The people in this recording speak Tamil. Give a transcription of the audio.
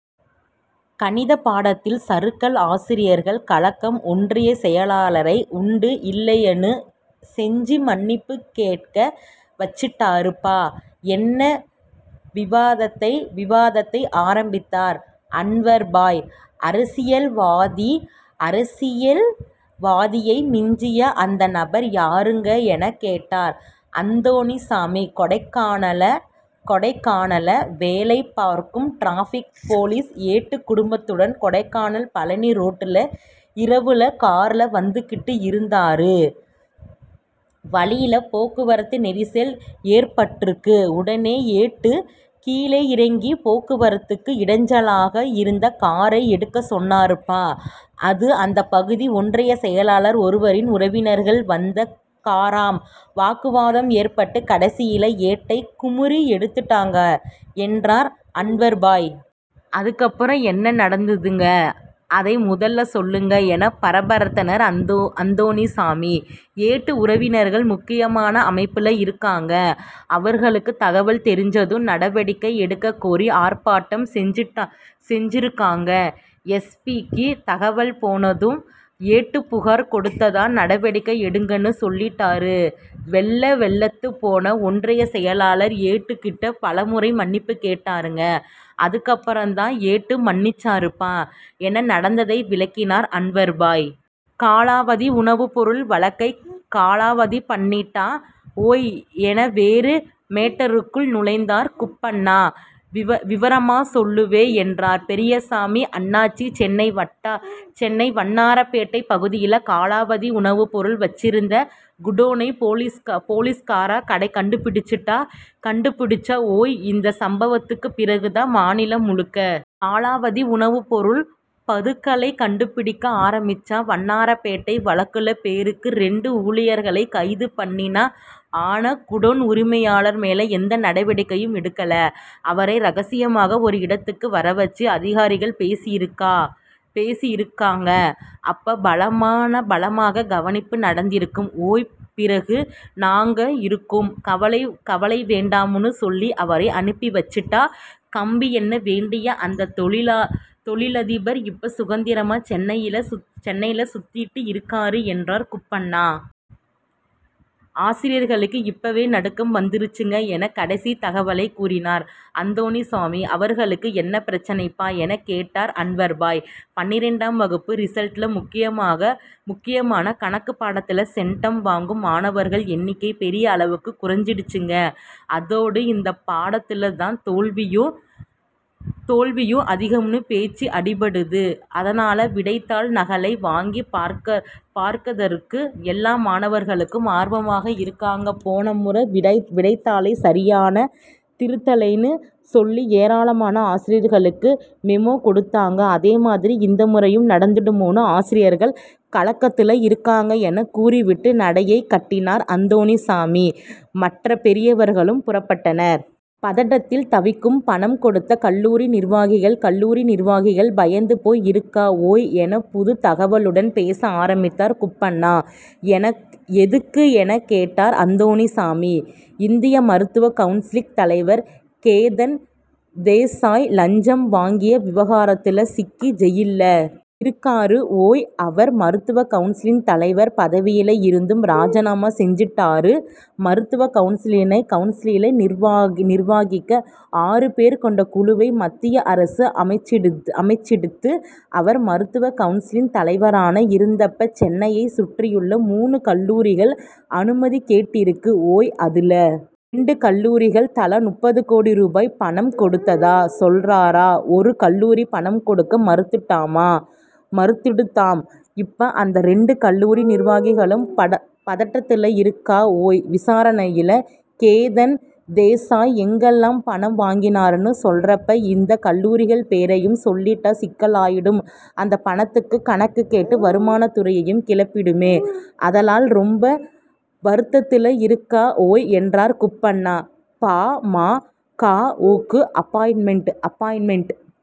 கணிதப் பாடத்தில் சறுக்கல் ஆசிரியர்கள் கலக்கம் ஒன்றியச் செயலரை உண்டு இல்லைன்னு செஞ்சு மன்னிப்பு கேட்க வச்சிட்டாரு பா என விவாதத்தை ஆரம்பித்தார் அன்வர்பாய். அரசியல்வாதியை மிஞ்சிய அந்த நபர் யாருங்க எனக் கேட்டார் அந்தோணிசாமி. கொடைக்கானல்ல வேலை பார்க்கும் டிராபிக் போலீஸ் ஏட்டு குடும்பத்துடன் கொடைக்கானல் பழனி ரோடுல இரவுல கார்ல வந்துகிட்டு இருந்தாரு வழியில போக்குவரத்து நெரிசல் ஏற்பட்டுருக்கு உடனே ஏட்டு கீழே இறங்கி போக்குவரத்துக்கு இடைஞ்சலா இருந்த காரை எடுக்கச் சொன்னாரு பா அது அந்தப் பகுதி ஒன்றியச் செயலர் ஒருவரின் உறவினர்கள் வந்த காராம் வாக்குவாதம் ஏற்பட்டு கடைசியில ஏட்டை குமுறி எடுத்துட்டாங்க என்றார் அன்வர்பாய். அதுக்கப்பறம் என்ன நடந்ததுங்க அதை முதல்ல சொல்லுங்க என பரபரத்தார் அந்தோணிசாமி. ஏட்டு உறவினர்கள் முக்கியமான அமைப்புல இருக்காங்க அவங்களுக்கு தகவல் தெரிஞ்சதும் நடவடிக்கை எடுக்கக் கோரி ஆர்ப்பாட்டம் செஞ்சிருக்காங்க எஸ். பி.க்கு தகவல் போனதும் ஏட்டு புகார் கொடுத்தா நடவடிக்கை எடுங்கன்னு சொல்லிட்டாரு வெல வெலத்துப்போன ஒன்றியச் செயலர் ஏட்டுகிட்ட பலமுறை மன்னிப்பு கேட்டுருக்காரு அதுக்கப்பறம் தான் ஏட்டு மன்னிச்சாரு பா என நடந்ததை விளக்கினார் அன்வர்பாய். காலாவதி உணவுப்பொருள் வழக்கை காலாவதி பண்ணிட்டா ஓய் என வேறு மேட்டருக்குள் நுழைந்தார் குப்பண்ணா. விவரமா சொல்லு வே என்றார் பெரியசாமி அண்ணாச்சி. சென்னை வண்ணாரப்பேட்டை பகுதியில காலாவதி உணவுப்பொருள் வைச்சிருந்த குடோனை போலீஸ்காரா கண்டுபிடிச்சா ஓய் இந்த சம்பவத்துக்கு பிறகு தான் மாநிலம் முழுக்க காலாவதி உணவுப்பொருள் பதுக்கலை கண்டுபிடிக்க ஆரம்பிச்சா வண்ணாரப்பேட்டை வழக்குல பேருக்கு ரெண்டு ஊழியர்களை கைது பண்ணினா ஆனா குடோன் உரிமையாளர் மேல எந்த நடவடிக்கையும் எடுக்கலை அவரை ரகசியமா ஒரு இடத்துக்கு வரவைச்சு அதிகாரிகள் பேசியிருக்கா அப்ப பலமா கவனிப்பு நடந்திருக்கு ஓய் பிறகு நாங்க இருக்கோம் கவலை வேண்டாம்னு சொல்லி அவரை அனுப்பி வைச்சிட்டா கம்பி எண்ண வேண்டிய அந்த தொழிலதிபர் இப்ப சுதந்திரமா சென்னையில சுத்திண்டு இருக்கார் என்றார் குப்பண்ணா. ஆசிரியர்களுக்கு இப்பவே நடுக்கம் வந்துருச்சுங்க என கடைசி தகவலை கூறினார் அந்தோணிசாமி. அவங்களுக்கு என்ன பிரச்னை பா எனக் கேட்டார் அன்வர்பாய். பனிரெண்டாம் வகுப்பு ரிசல்ட்ல முக்கியமான கணக்குப் பாடத்துல சென்டம் வாங்கும் மாணவர்கள் எண்ணிக்கை பெரிய அளவுக்கு குறைஞ்சிடுச்சுங்க அதோட இந்தப் பாடத்துல தான் தோல்வியும் அதிகம்னு பேச்சு அடிபடுது அதனால விடைத்தாள் நகலை வாங்கிப் பார்க்கறதுக்கு எல்லா மாணவர்களும் ஆர்வமா இருக்காங்க போன முறை விடைத்தாளை சரியா திருத்தலைன்னு சொல்லி ஏராளமான ஆசிரியர்களுக்கு மெமோ கொடுத்தாங்க அதேமாதிரி இந்த முறையும் நடந்துடுமோன்னு ஆசிரியர்கள் கலக்கத்துல இருக்காங்க என கூறிவிட்டு நடையைக் கட்டினார் அந்தோணிசாமி மற்ற பெரியவர்களும் புறப்பட்டனர். பதட்டத்தில் தவிக்கும் பணம் கொடுத்த கல்லூரி நிர்வாகிகள் கல்லூரி நிர்வாகிகள் பயந்து போய் இருக்கா ஓய் என புது தகவலுடன் பேச ஆரம்பித்தார் குப்பண்ணா. எதுக்கு எனக் கேட்டார் அந்தோணிசாமி. இந்திய மருத்துவக் கவுன்சில் தலைவர் கேதன் தேசாய் லஞ்சம் வாங்கிய விவகாரத்துல சிக்கி ஜெயில்ல இருக்கார் ஓய் அவர் மருத்துவக் கவுன்சில் தலைவர் பதவியில இருந்தும் ராஜினாமா செஞ்சுட்டாரு மருத்துவக் கவுன்சிலை நிர்வகிக்க ஆறு பேர் கொண்ட குழுவை மத்திய அரசு அமைச்சிடுத்து அவர் மருத்துவக் கவுன்சில் தலைவரா இருந்தப்ப சென்னையைச் சுற்றியுள்ள மூணு கல்லூரிகள் அனுமதி கேட்டிருக்கு ஓய் அதுல ரெண்டு கல்லூரிகள் தலா முப்பது கோடி ரூபாய் பணம் கொடுத்ததா சொல்றா ஒரு கல்லூரி பணம் கொடுக்க மறுத்துடுத்தாம் இப்ப அந்த ரெண்டு கல்லூரி நிர்வாகிகளும் பதட்டத்துல இருக்கா ஓய் விசாரணையில கேதன் தேசாய் எங்கெல்லாம் பணம் வாங்கினார்னு சொல்றப்ப இந்த கல்லூரிகள் பேரையும் சொல்லிட்டா சிக்கலாயிடும் அந்தப் பணத்துக்கு கணக்கு கேட்டு வருமானத் துறையும் கிளம்பிடுமே அதனால ரொம்ப வருத்தத்துல இருக்கா ஓய் என்றார் குப்பண்ணா. பா. ம. க.வுக்கு அப்பாயின்மென்ட்